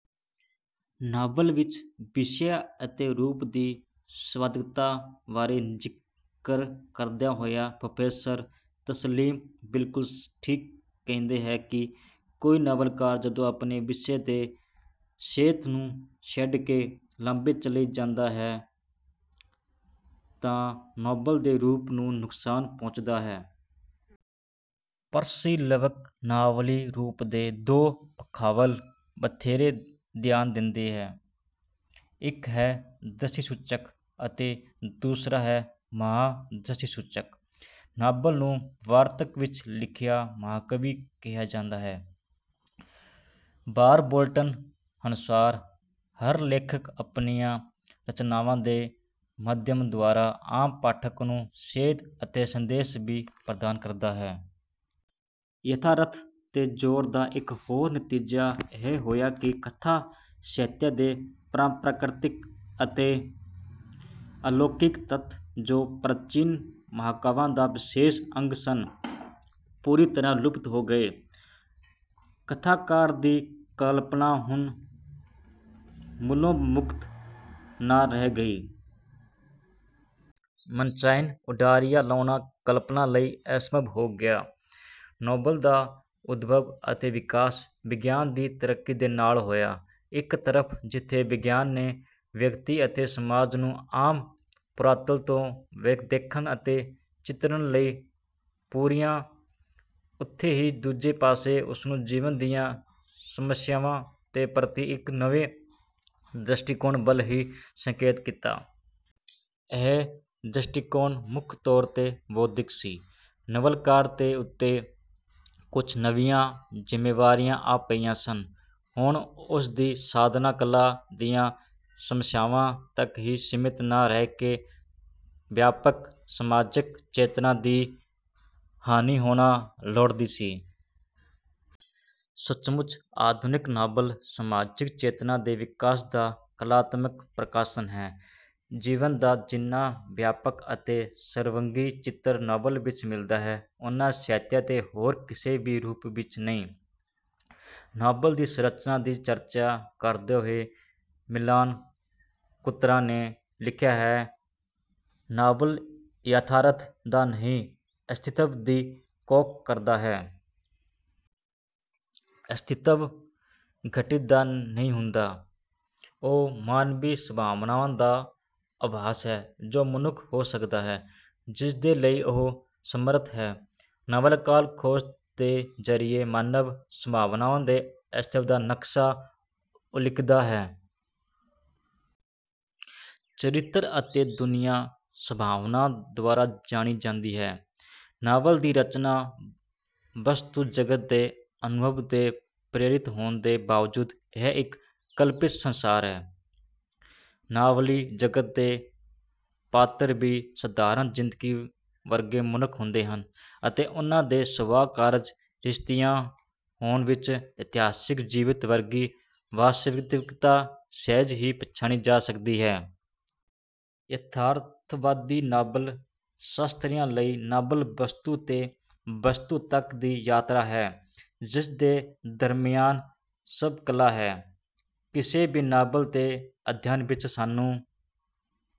Novel ਵਿੱਚ ਵਿਸ਼ਾ ਅਤੇ ਰੂਪ ਦੀ ਸੰਬਾਦਕਤਾ ਬਾਰੇ ਜ਼ਿਕਰ ਕਰਦਾ ਹੋਇਆ ਪ੍ਰੋਫੈਸਰ ਤਸਲੀਮ ਬਿਲਕੁਲ ਠੀਕ ਕਹਿੰਦਾ ਹੈ ਕਿ ਕੋਈ ਨਾਵਲਕਾਰ ਜਦੋਂ ਆਪਣੇ ਵਿਸ਼ੇ ਦੀ ਸੇਧ ਨੂੰ ਛੱਡ ਕੇ ਲਾਂਭੇ ਚਲਾ ਜਾਂਦਾ ਹੈ ਤਾਂ ਨਾਵਲ ਦੇ ਰੂਪ ਨੂੰ ਨੁਕਸਾਨ ਪਹੁੰਚਦਾ ਹੈ। ਪਰਸੀ ਲੱਬਕ ਨਾਵਲੀ ਰੂਪ ਦੇ ਦੋ ਪੱਖਾਂ ਵੱਲ ਵਧੇਰੇ ਧਿਆਨ ਦਿੰਦਾ ਹੈ। ਇੱਕ ਹੈ ਦ੍ਰਿਸ਼ਸੂਚਕ ਅਤੇ ਦੂਸਰਾ ਹੈ ਮਹਾਂਦ੍ਰਿਸ਼ਸੂਚਕ। ਨਾਵਲ ਨੂੰ ਵਾਰਤਕ ਵਿੱਚ ਲਿਖਿਆ ਮਹਾਂਕਾਵਿ ਕਿਹਾ ਜਾਂਦਾ ਹੈ। ਬਾਰਬੋਲਡ ਅਨੁਸਾਰ ਹਰ ਲੇਖਕ ਆਪਣੀਆਂ ਰਚਨਾਵਾਂ ਦੇ ਮਾਧਿਅਮ ਦੁਆਰਾ ਆਮ ਪਾਠਕਾਂ ਨੂੰ ਸੇਧ ਅਤੇ ਸੰਦੇਸ਼ ਵੀ ਪ੍ਰਦਾਨ ਕਰਦਾ ਹੈ। ਯਥਾਰਥ ਤੇ ਜੋਰ ਦਾ ਇੱਕ ਹੋਰ ਨਤੀਜਾ ਇਹ ਹੋਇਆ ਕਿ ਕਥਾ ਸਾਹਿਤ ਦੇ ਪਰਾਪ੍ਰਕਿਰਤਕ ਅਤੇ ਅਲੌਕਿਕ ਤੱਤ ਜੋ ਪ੍ਰਾਚੀਨ ਮਹਾਂਕਾਵਾਂ ਦਾ ਵਿਸ਼ੇਸ਼ ਅੰਗ ਸਨ ਪੂਰੀ ਤਰ੍ਹਾਂ ਲੁਪਤ ਹੋ ਗਏ। ਕਥਾਕਾਰ ਦੀ ਕਲਪਨਾ ਹੁਣ ਮੂਲੋਂ ਮੁਕਤ ਨਾ ਰਹਿ ਗਈ। ਮਨਚਾਹੀਆਂ ਉਡਾਰੀਆਂ ਲਾਉਣਾ ਕਲਪਨਾ ਲਈ ਅਸੰਭਵ ਹੋ ਗਿਆ। ਨਾਵਲ ਦਾ ਉਦਭਵ ਅਤੇ ਵਿਕਾਸ ਵਿਗਿਆਨ ਦੀ ਤਰੱਕੀ ਦੇ ਨਾਲ ਹੋਇਆ। ਇੱਕ ਤਰਫ ਜਿੱਥੇ ਵਿਗਿਆਨ ਨੇ ਵਿਅਕਤੀ ਅਤੇ ਸਮਾਜ ਨੂੰ ਆਮ ਧਰਾਤਲ ਤੋਂ ਦੇਖਣ ਅਤੇ ਚਿਤਰਣ ਲਈ ਪ੍ਰੇਰਿਆ ਉਥੇ ਹੀ ਦੂਜੇ ਪਾਸੇ ਉਸਨੇ ਜੀਵਨ ਦੀਆਂ ਸਮਸਿਆਵਾਂ ਦੇ ਪ੍ਰਤੀ ਇੱਕ ਨਵੇਂ ਦ੍ਰਿਸ਼ਟੀਕੋਣ ਵੱਲ ਵੀ ਸੰਕੇਤ ਕੀਤਾ। ਇਹ ਦ੍ਰਿਸ਼ਟੀਕੋਣ ਮੁੱਖ ਤੌਰ ਤੇ ਬੌਧਿਕ ਸੀ। ਨਾਵਲਕਾਰ ਦੇ ਉੱਤੇ ਕੁੱਝ ਨਵੀਆਂ ਜ਼ਿੰਮੇਵਾਰੀਆਂ ਆ ਪਈਆਂ ਸਨ। ਹੁਣ ਉਸ ਦੀ ਸਾਧਨਾ ਕਲਾ ਦੀਆਂ ਸਮਸਿਆਵਾਂ ਤੱਕ ਹੀ ਸੀਮਿਤ ਨਾ ਰਹਿਕੇ ਵਿਆਪਕ ਸਮਾਜਿਕ ਚੇਤਨਾ ਦੀ ਹਾਣੀ ਹੋਣਾ ਲੋੜੀਂਦੀ ਸੀ। ਸਚਮੁਚ ਆਧੁਨਿਕ ਨਾਵਲ ਸਮਾਜਕ ਚੇਤਨਾ ਦੇ ਵਿਕਾਸ ਦਾ ਕਲਾਤਮਕ ਪ੍ਰਕਾਸ਼ਨ ਹੈ। ਜੀਵਨ ਦਾ ਜਿੰਨਾ ਵਿਆਪਕ ਅਤੇ ਸਰਬੰਗੀ ਚਿੱਤਰ ਨਾਵਲ ਵਿੱਚ ਮਿਲਦਾ ਹੈ ਓਨਾ ਸਾਹਿਤ ਦੇ ਹੋਰ ਕਿਸੇ ਵੀ ਰੂਪ ਵਿੱਚ ਨਹੀਂ। ਨਾਵਲ ਦੀ ਸੰਰਚਨਾ ਦੀ ਚਰਚਾ ਕਰਦੇ ਹੋਏ ਮਿਲਾਨ ਕੁੰਦਰਾ ਨੇ ਲਿਖਿਆ ਹੈ ਨਾਵਲ ਯਥਾਰਥ ਦਾ ਨਹੀਂ ਅਸਤਿਤਵ ਦੀ ਘੋਖ ਕਰਦਾ ਹੈ। ਅਸਤੀਤਵ ਘਟਿਤ ਦਾ ਨਹੀਂ ਹੁੰਦਾ ਉਹ ਮਾਨਵੀ ਸੰਭਾਵਨਾਵਾਂ ਦਾ ਆਭਾਸ ਹੈ ਜੋ ਮਨੁੱਖ ਹੋ ਸਕਦਾ ਹੈ ਜਿਸਦੇ ਲਈ ਉਹ ਸਮਰੱਥ ਹੈ। ਨਾਵਲਕਾਰ ਖੋਜ ਦੇ ਜਰੀਏ ਮਾਨਵੀ ਸੰਭਾਵਨਾਵਾਂ ਦੇ ਅਸਤਿਤਵ ਦਾ ਨਕਸ਼ਾ ਉਲੀਕਦਾ ਹੈ। ਚਰਿੱਤਰ ਅਤੇ ਦੁਨੀਆਂ ਸੰਭਾਵਨਾਵਾਂ ਦੁਆਰਾ ਜਾਣੀ ਜਾਂਦੀ ਹੈ। ਨਾਵਲ ਦੀ ਰਚਨਾ ਵਸਤੂ ਜਗਤ ਦੇ ਅਨੁਭਵ ਤੋਂ ਪ੍ਰੇਰਿਤ ਹੋਣ ਦੇ ਬਾਵਜੂਦ ਇਹ ਇੱਕ ਕਲਪਿਤ ਸੰਸਾਰ ਹੈ। ਨਾਵਲੀ ਜਗਤ ਦੇ ਪਾਤਰ ਵੀ ਸਧਾਰਣ ਜਿੰਦਗੀ ਵਰਗੇ ਮਨੁੱਖ ਹੁੰਦੇ ਹਨ ਅਤੇ ਉਨ੍ਹਾਂ ਦੇ ਸੁਭਾਅ ਕਾਰਜ ਰਿਸ਼ਤਿਆਂ ਹੋਣੀ ਵਿੱਚ ਇਤਿਹਾਸਕ ਜੀਵਤ ਵਰਗੀ ਵਾਸਤਵਿਕਤਾ ਸਹਿਜੇ ਹੀ ਪਛਾਣੀ ਜਾ ਸਕਦੀ ਹੈ। ਯਥਾਰਥਵਾਦੀ ਨਾਵਲ ਸ਼ਾਸਤਰੀਆਂ ਲਈ ਨਾਵਲ ਵਸਤੂ ਤੋਂ ਵਸਤੂ ਤੱਕ ਦੀ ਯਾਤਰਾ ਹੈ ਜਿਸ ਦੇ ਦਰਮਿਆਨ ਸਭ ਕਲਾ ਹੈ। ਕਿਸੇ ਵੀ ਨਾਵਲ ਦੇ ਅਧਿਐਨ ਵਿੱਚ ਸਾਨੂੰ